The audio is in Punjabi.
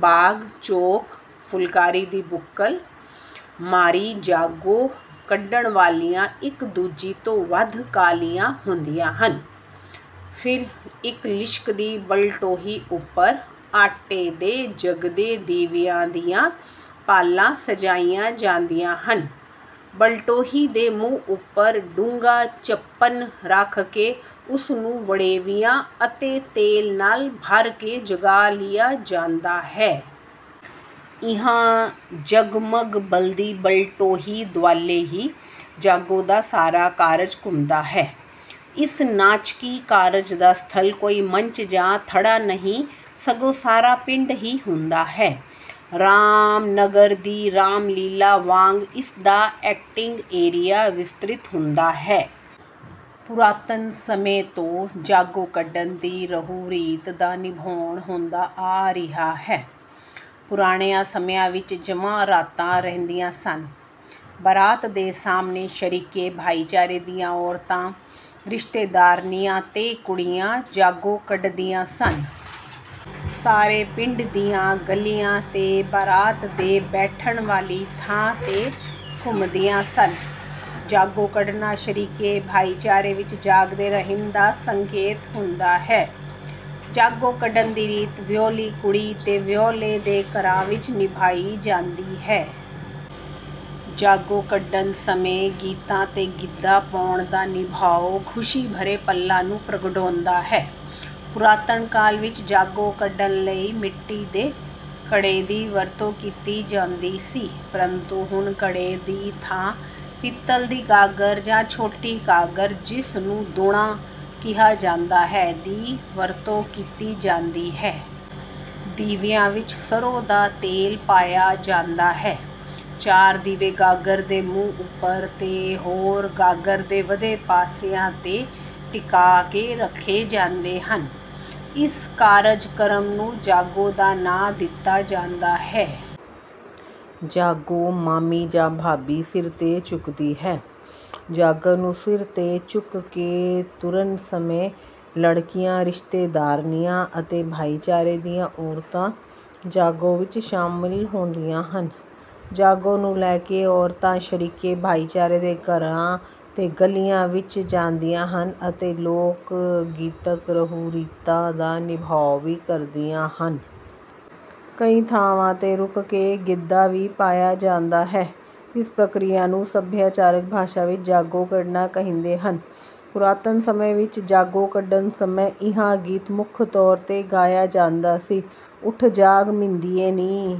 ਬਾਗ ਚੋਪ ਫੁਲਕਾਰੀ ਦੀ ਬੁੱਕਲ ਮਾਰੀ ਜਾਗੋ ਕੱਢਣ ਵਾਲੀਆਂ ਇੱਕ ਦੂਜੀ ਤੋਂ ਵੱਧ ਕਾਹਲੀਆਂ ਹੁੰਦੀਆਂ ਹਨ। ਫਿਰ ਇੱਕ ਲਿਸ਼ਕਦੀ ਬਲਟੋਹੀ ਉੱਪਰ ਆਟੇ ਦੇ ਜਗਦੇ ਦੀਵਿਆਂ ਦੀਆਂ ਪਾਲਾਂ ਸਜਾਈਆਂ ਜਾਂਦੀਆਂ ਹਨ। ਬਲਟੋਹੀ ਦੇ ਮੂੰਹ ਉੱਪਰ ਡੂੰਘਾ ਚੱਪਣ ਰੱਖ ਕੇ ਉਸ ਨੂੰ ਵੜੇਵਿਆਂ ਅਤੇ ਤੇਲ ਨਾਲ ਭਰ ਕੇ ਜਗਾ ਲਿਆ ਜਾਂਦਾ ਹੈ। ਇਹਾਂ ਜਗਮਗ ਬਲਦੀ ਬਲਟੋਹੀ ਦੁਆਲੇ ਹੀ ਜਾਗੋ ਦਾ ਸਾਰਾ ਕਾਰਜ ਘੁੰਮਦਾ ਹੈ। ਇਸ ਨਾਚਕੀ ਕਾਰਜ ਦਾ ਸਥਲ ਕੋਈ ਮੰਚ ਜਾਂ ਥੜਾ ਨਹੀਂ ਸਗੋਂ ਸਾਰਾ ਪਿੰਡ ਹੀ ਹੁੰਦਾ ਹੈ। 'ਰਾਮ ਨਗਰ ਦੀ ਰਾਮ ਲੀਲਾ' ਵਾਂਗ ਇਸ ਦਾ ਐਕਟਿੰਗ ਏਰੀਆ ਵਿਸਤ੍ਰਿਤ ਹੁੰਦਾ ਹੈ। ਪੁਰਾਤਨ ਸਮੇਂ ਤੋਂ ਜਾਗੋ ਕੱਢਣ ਦੀ ਰਹੁ-ਰੀਤ ਦਾ ਨਿਭਾਉ ਹੁੰਦਾ ਐ ਰਿਹਾ ਹੈ। ਪੁਰਾਣਿਆਂ ਸਮਿਆਂ ਵਿੱਚ ਜੰਞਾਂ ਰਾਤ ਰਹਿੰਦੀਆਂ ਸਨ। ਬਰਾਤ ਦੇ ਸਾਹਮਣੇ ਸ਼ਰੀਕੇ ਭਾਈਚਾਰੇ ਦੀਆਂ ਔਰਤਾਂ, ਰਿਸ਼ਤੇਦਾਰਨੀਆਂ ਤੇ ਕੁੜੀਆਂ ਜਾਗੋ ਕੱਢਦੀਆਂ ਸਨ। ਸਾਰੇ ਪਿੰਡ ਦੀਆਂ ਗਲੀਆਂ ਤੇ ਬਰਾਤ ਦੇ ਬੈਠਣ ਵਾਲੀ ਥਾਂ ਤੇ ਘੁੰਮਦੀਆਂ ਸਨ। ਜਾਗੋ ਕੱਢਣਾ ਸ਼ਰੀਕੇ ਭਾਈਚਾਰੇ ਵਿੱਚ ਜਾਗਦੇ ਰਹਿਣ ਦਾ ਸੰਕੇਤ ਹੁੰਦਾ ਹੈ। ਜਾਗੋ ਕੱਢਣ ਦੀ ਰੀਤ ਵਿਆਹੁਲੀ ਕੁੜੀ ਤੇ ਵਿਆਹੁਲੇ ਦੇ ਘਰਾਂ ਵਿੱਚ ਨਿਭਾਈ ਜਾਂਦੀ ਹੈ। ਜਾਗੋ ਕੱਢਣ ਸਮੇਂ ਗੀਤਾਂ ਤੇ ਗਿੱਧਾ ਪਾਉਣ ਦਾ ਨਿਭਾਅ ਖ਼ੁਸ਼ੀ ਭਰੇ ਪਲਾਂ ਨੂੰ ਪ੍ਰਗਟਾਉਂਦਾ ਹੈ। ਪੁਰਾਤਨ ਕਾਲ ਵਿੱਚ ਜਾਗੋ ਕੱਢਣ ਲਈ ਮਿੱਟੀ ਦੇ ਘੜੇ ਦੀ ਵਰਤੋਂ ਕੀਤੀ ਜਾਂਦੀ ਸੀ। ਪਰੰਤੂ ਹੁਣ ਘੜੇ ਦੀ ਥਾਂ ਪਿੱਤਲ ਦੀ ਗਾਗਰ ਜਾਂ ਛੋਟੀ ਗਾਗਰ ਜਿਸ ਨੂੰ 'ਦੋਣਾ' ਕਿਹਾ ਜਾਂਦਾ ਹੈ, ਦੀ ਵਰਤੋਂ ਕੀਤੀ ਜਾਂਦੀ ਹੈ। ਦੀਵਿਆਂ ਵਿੱਚ ਸਰ੍ਹੋਂ ਦਾ ਤੇਲ ਪਾਇਆ ਜਾਂਦਾ ਹੈ। ਚਾਰ ਦੀਵੇ ਗਾਗਰ ਦੇ ਮੂੰਹ ਉੱਪਰ ਤੇ ਹੋਰ ਗਾਗਰ ਦੇ ਵਧੇ ਪਾਸਿਆਂ ਤੇ ਟਿਕਾ ਕੇ ਰੱਖੇ ਜਾਂਦੇ ਹਨ। ਇਸ ਕਾਰਜ ਕਰਮ ਨੂੰ ਜਾਗੋ ਦਾ ਨਾਂ ਦਿੱਤਾ ਜਾਂਦਾ ਹੈ। ਜਾਗੋ ਮਾਮੀ ਜਾਂ ਭਾਬੀ ਸਿਰ ਤੇ ਚੁੱਕਦੀ ਹੈ। ਜਾਗੋ ਨੂੰ ਸਿਰ ਤੇ ਚੁੱਕ ਕੇ ਤੁਰਨ ਸਮੇਂ ਲੜਕੀਆਂ, ਰਿਸ਼ਤੇਦਾਰਨੀਆਂ ਅਤੇ ਭਾਈਚਾਰੇ ਦੀਆਂ ਔਰਤਾਂ ਜਾਗੋ ਵਿੱਚ ਸ਼ਾਮਿਲ ਹੁੰਦੀਆਂ ਹਨ। ਜਾਗੋ ਨੂੰ ਲੈ ਕੇ ਔਰਤਾਂ ਸ਼ਰੀਕੇ ਭਾਈਚਾਰੇ ਦੇ ਘਰਾਂ ਤੇ ਗਲੀਆਂ ਵਿੱਚ ਜਾਂਦੀਆਂ ਹਨ ਅਤੇ ਲੋਕਗੀਤਕ ਰਹੁ-ਰੀਤਾਂ ਦਾ ਨਿਭਾਅ ਵੀ ਕਰਦੀਆਂ ਹਨ। ਕਈ ਥਾਵਾਂ ਤੇ ਰੁਕ ਕੇ ਗਿੱਧਾ ਵੀ ਪਾਇਆ ਜਾਂਦਾ ਹੈ। ਇਸ ਪ੍ਰਕਿਰਿਆ ਨੂੰ ਸਭਿਆਚਾਰਕ ਭਾਸ਼ਾ ਵਿੱਚ 'ਜਾਗੋ ਕੱਢਣਾ' ਕਹਿੰਦੇ ਹਨ। ਪੁਰਾਤਨ ਸਮੇਂ ਵਿੱਚ ਜਾਗੋ ਕੱਢਣ ਸਮੇਂ ਇਹ ਗੀਤ ਮੁੱਖ ਤੌਰ ਤੇ ਗਾਇਆ ਜਾਂਦਾ ਸੀ: ਉੱਠ ਜਾਗ ਮਿੰਦੀਏ ਨੀ